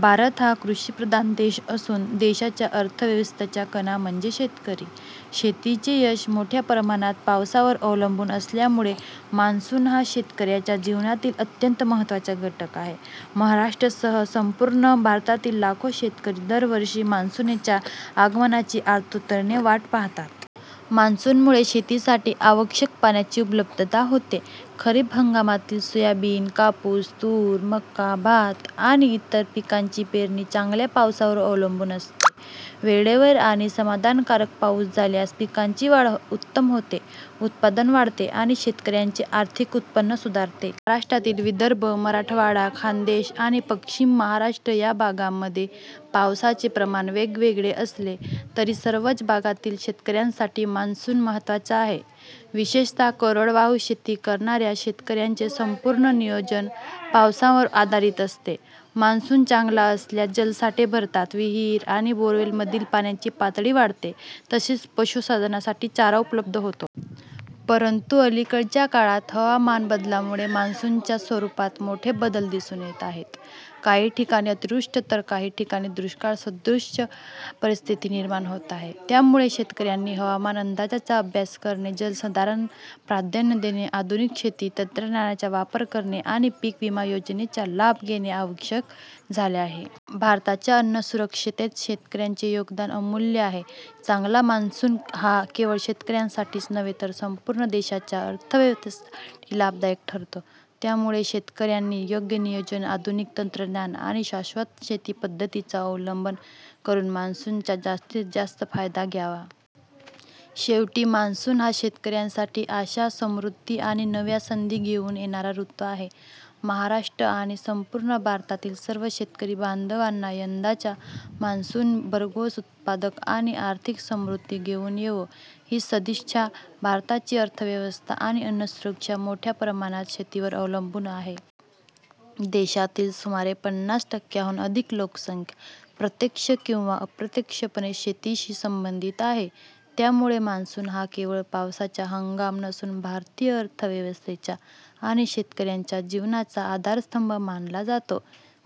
भारत हा कृषिप्रधान देश असून देशाच्या अर्थव्यवस्थेचा कणा म्हणजे शेतकरी. शेतीचे यश मोठ्या प्रमाणात पावसावर अवलंबून असल्यामुळे मान्सून हा शेतकऱ्यांच्या जीवनातील अत्यंत महत्त्वाचा घटक आहे. महाराष्ट्रासह संपूर्ण भारतातील लाखो शेतकरी दरवर्षी मान्सूनच्या आगमनाची आतुरतेने वाट पाहतात. मान्सूनमुळे शेतीसाठी आवश्यक पाण्याची उपलब्धता होते. खरीप हंगामातील सोयाबीन, कापूस, तूर, मका, भात आणि इतर पिकांची पेरणी चांगल्या पावसावर अवलंबून असते. वेळेवर आणि समाधानकारक पाऊस झाल्यास पिकांची वाढ उत्तम होते, उत्पादन वाढते आणि शेतकऱ्यांचे आर्थिक उत्पन्न सुधारते. महाराष्ट्रातील विदर्भ, मराठवाडा, खानदेश आणि पश्चिम महाराष्ट्र या भागांमध्ये पावसाचे प्रमाण वेगवेगळे असले तरी सर्वच भागांतील शेतकऱ्यांसाठी मान्सून महत्त्वाचा आहे. विशेषतः कोरडवाहू शेती करणाऱ्या शेतकऱ्यांचे संपूर्ण नियोजन पावसावर आधारित असते. मान्सून चांगला असल्यास जलसाठे भरतात, विहिरी आणि बोअरवेलमधील पाण्याची पातळी वाढते, तसेच पशुधनासाठी चारा उपलब्ध होतो. परंतु अलिकडच्या काळात हवामान बदलामुळे मान्सूनच्या स्वरूपात मोठे बदल दिसून येत आहेत. काही ठिकाणी अतिवृष्टी तर काही ठिकाणी दुष्काळसदृश परिस्थिती निर्माण होत आहे. त्यामुळे शेतकऱ्यांनी हवामान अंदाजाचा अभ्यास करणे, जलसंधारणाला प्राधान्य देणे, आधुनिक शेती तंत्रज्ञानाचा वापर करणे आणि पीक विमा योजनेचा लाभ घेणे आवश्यक झाले आहे. भारताच्या अन्नसुरक्षेत शेतकऱ्यांचे योगदान अमूल्य आहे. चांगला मान्सून हा केवळ शेतकऱ्यांसाठीच नव्हे तर संपूर्ण देशाच्या अर्थव्यवस्थेसाठी लाभदायक ठरतो. त्यामुळे शेतकऱ्यांनी योग्य नियोजन, आधुनिक तंत्रज्ञान आणि शाश्वत शेती पद्धतींचा अवलंब करून मान्सूनचा जास्तीत जास्त फायदा घ्यावा. शेवटी, मान्सून हा शेतकऱ्यांसाठी आशा, समृद्धी आणि नव्या संधी घेऊन येणारा ऋतू आहे. महाराष्ट्र आणि संपूर्ण भारतातील सर्व शेतकरी बांधवांना यंदाचा मान्सून भरघोस उत्पादन आणि आर्थिक समृद्धी घेऊन येवो, हीच सदिच्छा. भारताची अर्थव्यवस्था आणि अन्नसुरक्षा मोठ्या प्रमाणात शेतीवर अवलंबून आहे. देशातील सुमारे पनास टक्क्यांहून अधिक लोकसंख्या प्रत्यक्ष किंवा अप्रत्यक्षपणे शेतीशी संबंधित आहे. त्यामुळे मान्सून हा केवळ पावसाचा हंगाम नसून भारतीय अर्थव्यवस्थेचा आणि शेतकऱ्यांच्या जीवनाचा आधारस्तंभ मानला जातो.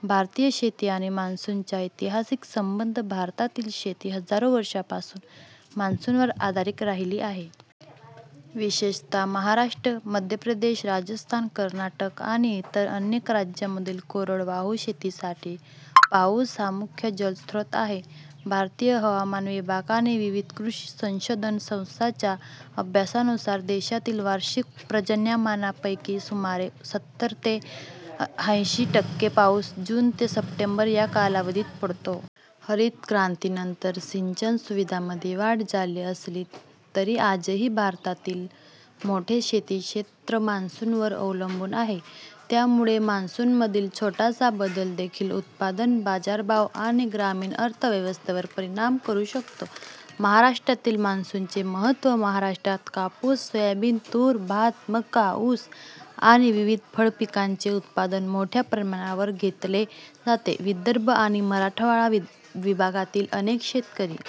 भारतीय शेती आणि मान्सूनचा ऐतिहासिक संबंध भारतातील शेती हजारो वर्षांपासून मान्सूनवर आधारित राहिली आहे. विशेषतः महाराष्ट्र, मध्य प्रदेश, राजस्थान, कर्नाटक आणि इतर अनेक राज्यांमधील कोरडवाहू शेतीसाठी पाऊस हा मुख्य जलस्रोत आहे. भारतीय हवामान विभाग आणि विविध कृषी संशोधन संस्थांच्या अभ्यासानुसार, देशातील वार्षिक पर्जन्यमानापैकी सुमारे सत्तर ते अंशी टक्के पाऊस जून ते सप्टेंबर या कालावधीत पडतो. हरित क्रांतीनंतर सिंचन सुविधांमध्ये वाढ झाली असली तरी आजही भारतातील मोठे शेती क्षेत्र मान्सूनवर अवलंबून आहे. त्यामुळे मान्सूनमधील छोटासा बदलदेखील उत्पादन, बाजारभाव आणि ग्रामीण अर्थव्यवस्थेवर परिणाम करू शकतो. महाराष्ट्रातील मान्सूनचे महत्त्व महाराष्ट्रात कापूस, सोयाबीन, तूर, भात, मका, ऊस आणि विविध फळपिकांचे उत्पादन मोठ्या प्रमाणावर घेतले जाते. विदर्भ आणि मराठवाडा विभागातील अनेक शेतकरी--